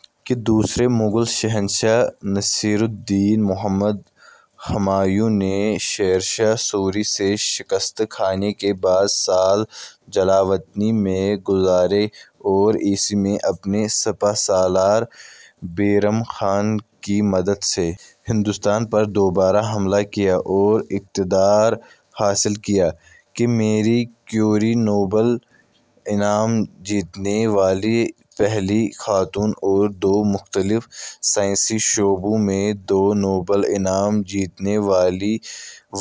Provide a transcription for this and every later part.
… کہ دوسرے مغل شہنشاہ نصیر الدین محمد ہمایوں نے شیر شاہ سوری سے شکست کھانے کے بعد سال جلاوطنی میں گزارے اور ء میں اپنے سپہ سالار بیرم خان کی مدد سے ہندوستان پر دوبارہ حملہ کیا اور اقتدار حاصل کیا؟… کہ میری کیوری نوبل انعام جیتنے والی پہلی خاتون اور دو مختلف سائنسی شعبوں میں دو نوبل انعام جیتنے والی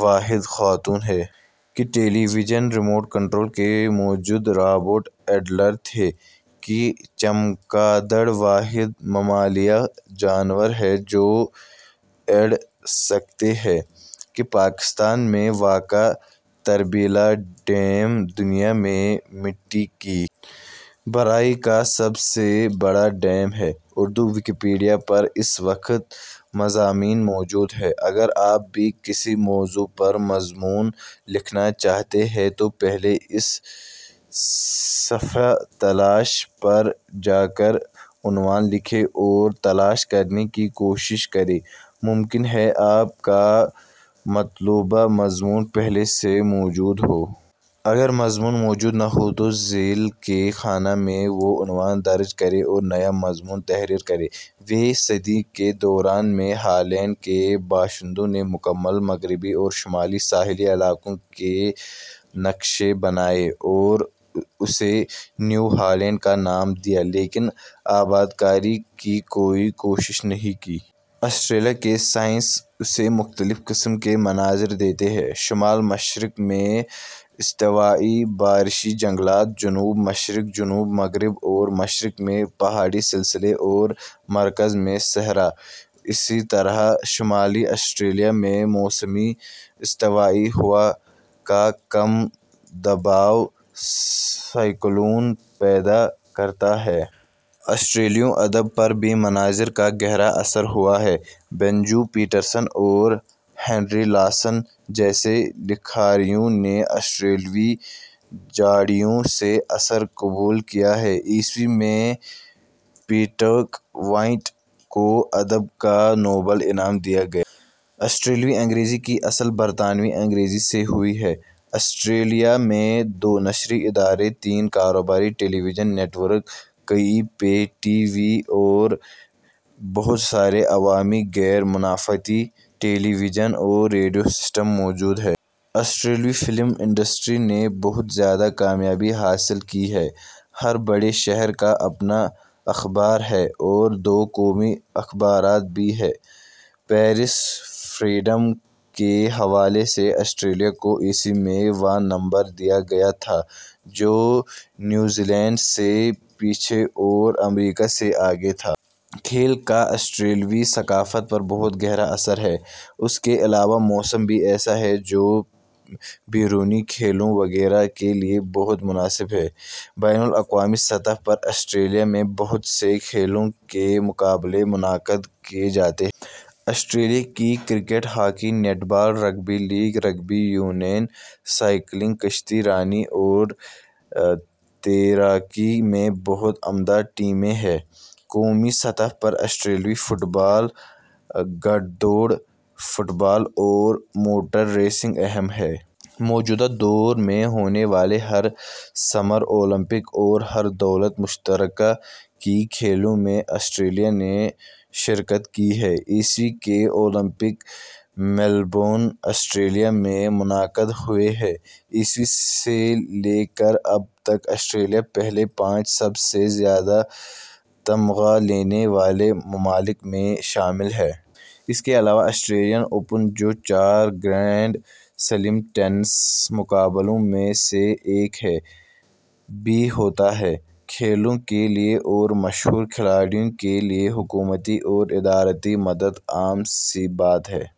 واحد خاتون ہیں؟… کہ ٹیلی ویژن ریموٹ کنٹرول کے موجد رابرٹ ایڈلر تھے؟… کہ چمگادڑ واحد ممالیہ جانور ہے جو اڑ سکتے ہیں؟… کہ پاکستان میں واقع تربیلا ڈیم دنیا میں مٹی کی بھرائی کا سب سے بڑا ڈیم ہے؟ اردو ویکیپیڈیا پر اس وقت مضامین موجود ہیں، اگر آپ بھی کسی موضوع پر مضمون لکھنا چاہتے ہیں تو پہلے اس صفحۂ تلاش پر جا کر عنوان لکھیے اور تلاش کرنے کی کوشش کریں، ممکن ہے آپ کا مطلوبہ مضمون پہلے سے موجود ہو۔ اگر مضمون موجود نہ ہو تو ذیل کے خانہ میں وہ عنوان درج کریں اور نیا مضمون تحریر کریں۔ ویں صدی کے دوران میں ہالینڈ کے باشندوں نے مکمل مغربی اورشمالی ساحلی علاقوں کے نقشے بنائے اور اسے نیو ہالینڈ کا نام دیا لیکن آبادکاری کی کوئی کوشش نہیں کی۔ آسٹریلیا کا سائز اسے مختلف قسم کے مناظر دیتا ہے، شمال مشرق میں استوائی بارشی جنگلات، جنوب مشرق، جنوب مغرب اور مشرق میں پہاڑی سلسلے اور مرکز میں صحرا۔ اسی طرح شمالی آسٹریلیا میں موسمی استوائی ہوا کا کم دباؤ سائیکلون پیدا کرتا ہے۔ آسٹریلوی ادب پر بھی مناظر کا گہرا اثر ہوا ہے۔ بینجو پیٹرسن اور ہنری لاسن جیسے لکھاریوں نے آسٹریلوی جھاڑیوں سے اثر قبول کیا ہے۔ ء میں پیٹرک وائٹ کو ادب کا نوبل انعام دیا گیا۔ آسٹریلوی انگریزی کی اصل برطانوی انگریزی سے ہوئی ہے۔ آسٹریلیا میں دو نشری ادارے، تین کاروباری ٹیلی ویژن نیٹ ورک، کئی پے ٹی وی اور بہت سارے عوامی، غیر منافعتی ٹیلی ویژن اور ریڈیو اسٹیشن موجود ہیں۔ آسٹریلوی فلم انڈسٹری نے بہت زیادہ کامیابی حاصل کی ہے۔ ہر بڑے شہر کا اپنا اخبار ہے اور دو قومی اخبارات بھی ہیں۔ پریس فریڈم کے حوالے سے آسٹریلیا کو ء میں واں نمبر دیا گیا تھا جو نیوزی لینڈ سے پیچھے اور امریکا سے آگے تھا۔ کھیل کا آسٹریلوی ثقافت پر بہت گہرا اثر ہے۔ اس کے علاوہ موسم بھی ایسا ہے جو بیرونی کھیلوں وغیرہ کے لیے بہت مناسب ہے۔ بین الاقوامی سطح پر آسٹریلیا میں بہت سے کھیلوں کے مقابلے منعقد کیے جاتے ہیں۔ آسٹریلیا کی cricket, hockey, netball, rugby league, rugby union, cycling, کشتی رانی اور تیراکی میں بہت عمدہ ٹیمیں ہیں۔ قومی سطح پر آسٹریلوی فٹ بال، گھڑ دوڑ، فٹ بال اور موٹر ریسنگ اہم ہیں۔ موجودہ دور میں ہونے والے ہر سمر اولمپک اور ہر دولت مشترکہ کی کھیلوں میں آسٹریلیا نے شرکت کی ہے۔ ء کے اولمپک میلبورن، آسٹریلیا میں منعقد ہوئے تھے۔ ء سے لے کر اب تک آسٹریلیا پہلے پانچ سب سے زیادہ تمغا لینے والے ممالک میں شامل ہے۔ اس کے علاوہ آسٹریلین اوپن جو چار گرینڈ سلیم ٹینس مقابلوں میں سے ایک ہے، بھی ہوتا ہے۔ کھیلوں کے لیے اور مشہور کھلاڑیوں کے لیے حکومتی اور اداراتی مدد عام سی بات ہے۔